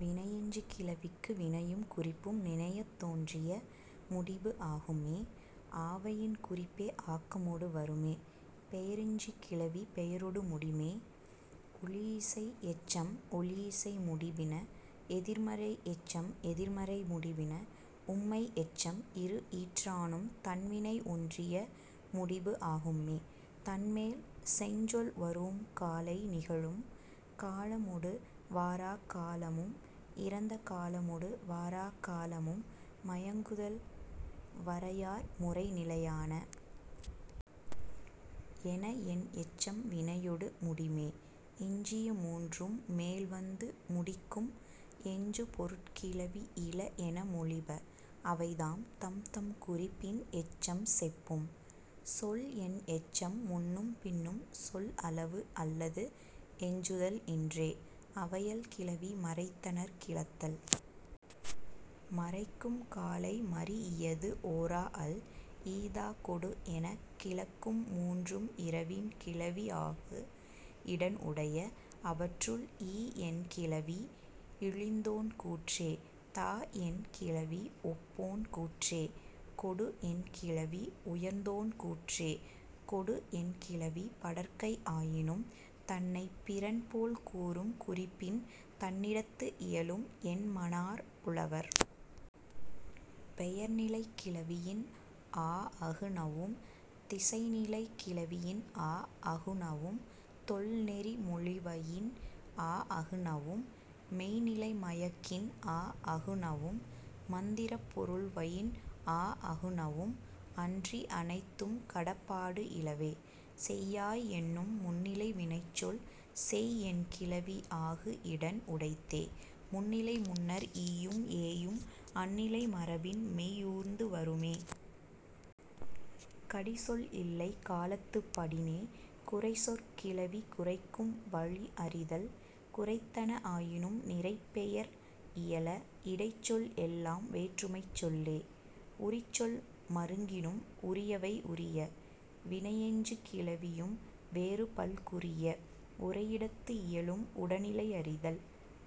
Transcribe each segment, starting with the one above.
வினையெஞ்சுகிளவிக்கு வினையும் குறிப்பும் நினையத் தோன்றிய முடிபு ஆகும்மே ஆவயின் குறிப்பே ஆக்கமொடு வருமே. பெயரெஞ்சுகிளவி பெயரொடு முடிமே. ஒழியிசை எச்சம் ஒழியிசை முடிபின. எதிர்மறை எச்சம் எதிர்மறை முடிபின. உம்மை எச்சம் இரு ஈற்றானும் தன் வினை ஒன்றிய முடிபு ஆகும்மே. தன்மேல் செஞ்சொல் வரூஉம் காலை நிகழும் காலமொடு வாராக் காலமும் இறந்த காலமொடு வாராக் காலமும் மயங்குதல் வரையார் முறைநிலையான. என என் எச்சம் வினையொடு முடிமே. எஞ்சிய மூன்றும் மேல் வந்து முடிக்கும் எஞ்சு பொருட் கிளவி இல என மொழிப. அவைதாம், தம்தம் குறிப்பின் எச்சம் செப்பும். சொல் என் எச்சம் முன்னும் பின்னும் சொல் அளவு அல்லது எஞ்சுதல் இன்றே. அவையல் கிளவி மறைத்தனர் கிளத்தல். மறைக்கும் காலை மரீஇயது ஒராஅல். ஈ தா கொடு எனக் கிளக்கும் மூன்றும் இரவின் கிளவி ஆகு இடன் உடைய. அவற்றுள், ஈ என் கிளவி இழிந்தோன் கூற்றே. தா என் கிளவி ஒப்போன் கூற்றே. கொடு என் கிளவி உயர்ந்தோன் கூற்றே. கொடு என் கிளவி படர்க்கை ஆயினும் தன்னைப் பிறன் போல் கூறும் குறிப்பின் தன்னிடத்து இயலும் என்மனார் புலவர். பெயர்நிலைக் கிளவியின் ஆஅகுநவும் திசைநிலை கிளவியின் ஆஅகுநவும் தொல் நெறி மொழிவயின் ஆஅகுநவும் மெய்ந் நிலை மயக்கின் ஆஅகுநவும் மந்திரப் பொருள்வயின் ஆஅகுநவும் அன்றி அனைத்தும் கடப்பாடு இலவே. செய்யாய் என்னும் முன்னிலை வினைச்சொல் செய் என் கிளவி ஆகு இடன் உடைத்தே. முன்னிலை முன்னர் ஈயும் ஏயும் அந் நிலை மரபின் மெய் ஊர்ந்து வருமே. கடி சொல் இல்லை காலத்துப் படினே. குறைச்சொற் கிளவி குறைக்கும் வழி அறிதல். குறைத்தன ஆயினும் நிறைப் பெயர் இயல. இடைச்சொல் எல்லாம் வேற்றுமைச் சொல்லே. உரிச்சொல் மருங்கினும் உரியவை உரிய. வினையெஞ்சுகிளவியும் வேறு பல் குறிய. உரையிடத்து இயலும் உடனிலை அறிதல்.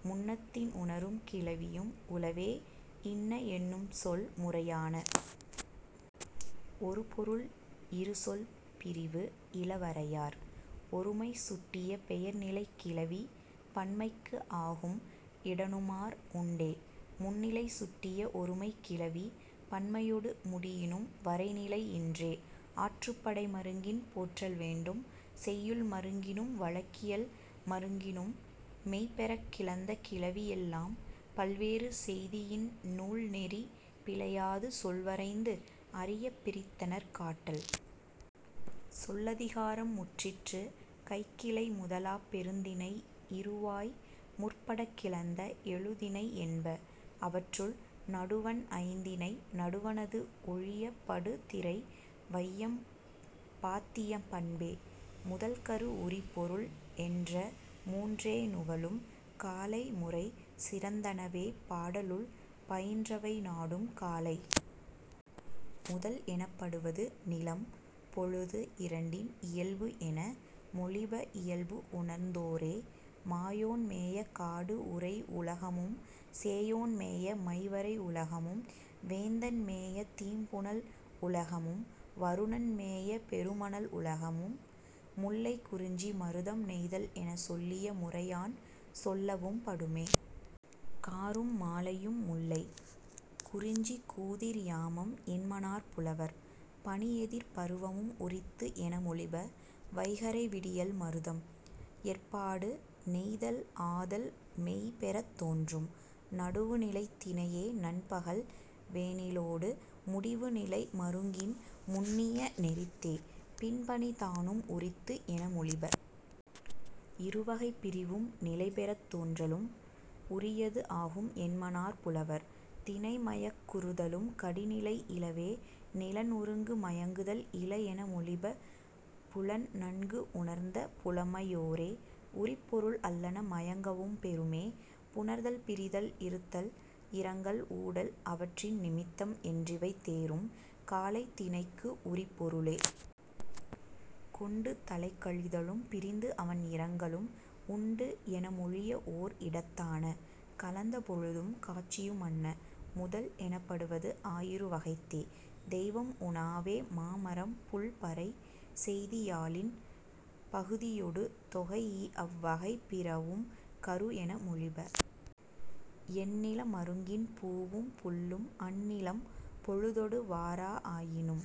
முன்னத்தின் உணரும் கிளவியும் உளவே இன்ன என்னும் சொல் முறையான. ஒரு பொருள் இரு சொல் பிரிவு இல வரையார். ஒருமை சுட்டிய பெயர் நிலைக் கிளவி பன்மைக்கு ஆகும் இடனுமார் உண்டே. முன்னிலை சுட்டிய ஒருமைக் கிளவி பன்மையொடு முடியினும் வரை நிலை இன்றே ஆற்றுப்படை மருங்கின் போற்றல் வேண்டும். செய்யுள் மருங்கினும் வழக்கியல் மருங்கினும் மெய் பெறக் கிளந்த கிளவி எல்லாம் பல் வேறு செய்தியின் நூல் நெறி பிழையாது சொல் வரைந்து அறிய பிரித்தனர் காட்டல். சொல்லதிகாரம் முற்றிற்று கைக்கிளை முதலாப் பெருந்திணை இறுவாய் முற்படக் கிளந்த எழு திணை என்ப. அவற்றுள், நடுவண் ஐந்திணை நடுவணது ஒழிய படு திரை வையம் பாத்திய பண்பே. முதல் கரு உரிப்பொருள் என்ற மூன்றே நுவலும் காலை முறை சிறந்தனவே பாடலுள் பயின்றவை நாடும் காலை. முதல் எனப்படுவது நிலம் பொழுது இரண்டின் இயல்பு என மொழிப இயல்பு உணர்ந்தோரே. மாயோன் மேய காடு உறை உலகமும் சேயோன் மேய மை வரை உலகமும் வேந்தன் மேய தீம் புனல் உலகமும் வருணன் மேய பெரு மணல் உலகமும் முல்லை குறிஞ்சி மருதம் நெய்தல் எனச் சொல்லிய முறையான் சொல்லவும் படுமே. காரும் மாலையும் முல்லை. குறிஞ்சி, கூதிர் யாமம் என்மனார் புலவர். பனி எதிர் பருவமும் உரித்து என மொழிப. வைகறை விடியல் மருதம். எற்பாடு, நெய்தல் ஆதல் மெய் பெறத் தோன்றும். நடுவுநிலைத் திணையே நண்பகல் வேனிலொடு முடிவு நிலை மருங்கின் முன்னிய நெறித்தே. பின்பனிதானும் உரித்து என மொழிப. இரு வகைப் பிரிவும் நிலை பெறத் தோன்றலும் உரியது ஆகும் என்மனார் புலவர். திணை மயக்குறுதலும் கடி நிலை இலவே நிலன் ஒருங்கு மயங்குதல் இல என மொழிப புலன் நன்கு உணர்ந்த புலமையோரே. உரிப்பொருள் அல்லன மயங்கவும் பெறுமே. புணர்தல் பிரிதல் இருத்தல் இரங்கல் ஊடல் அவற்றின் நிமித்தம் என்றிவை தேரும் காலை திணைக்கு உரிப்பொருளே. கொண்டு தலைக்கழிதலும் பிரிந்து அவண் இரங்கலும் உண்டு என மொழிப ஓர் இடத்தான. கலந்த பொழுதும் காட்சியும் அன்ன. முதல் எனப்படுவது ஆயிரு வகைத்தே. தெய்வம் உணாவே மா மரம் புள் பறை செய்தி யாழின் பகுதியொடு தொகைஇ அவ் வகை பிறவும் கரு என மொழிப. எந் நில மருங்கின் பூவும் புள்ளும் அந் நிலம் பொழுதொடு வாரா ஆயினும்।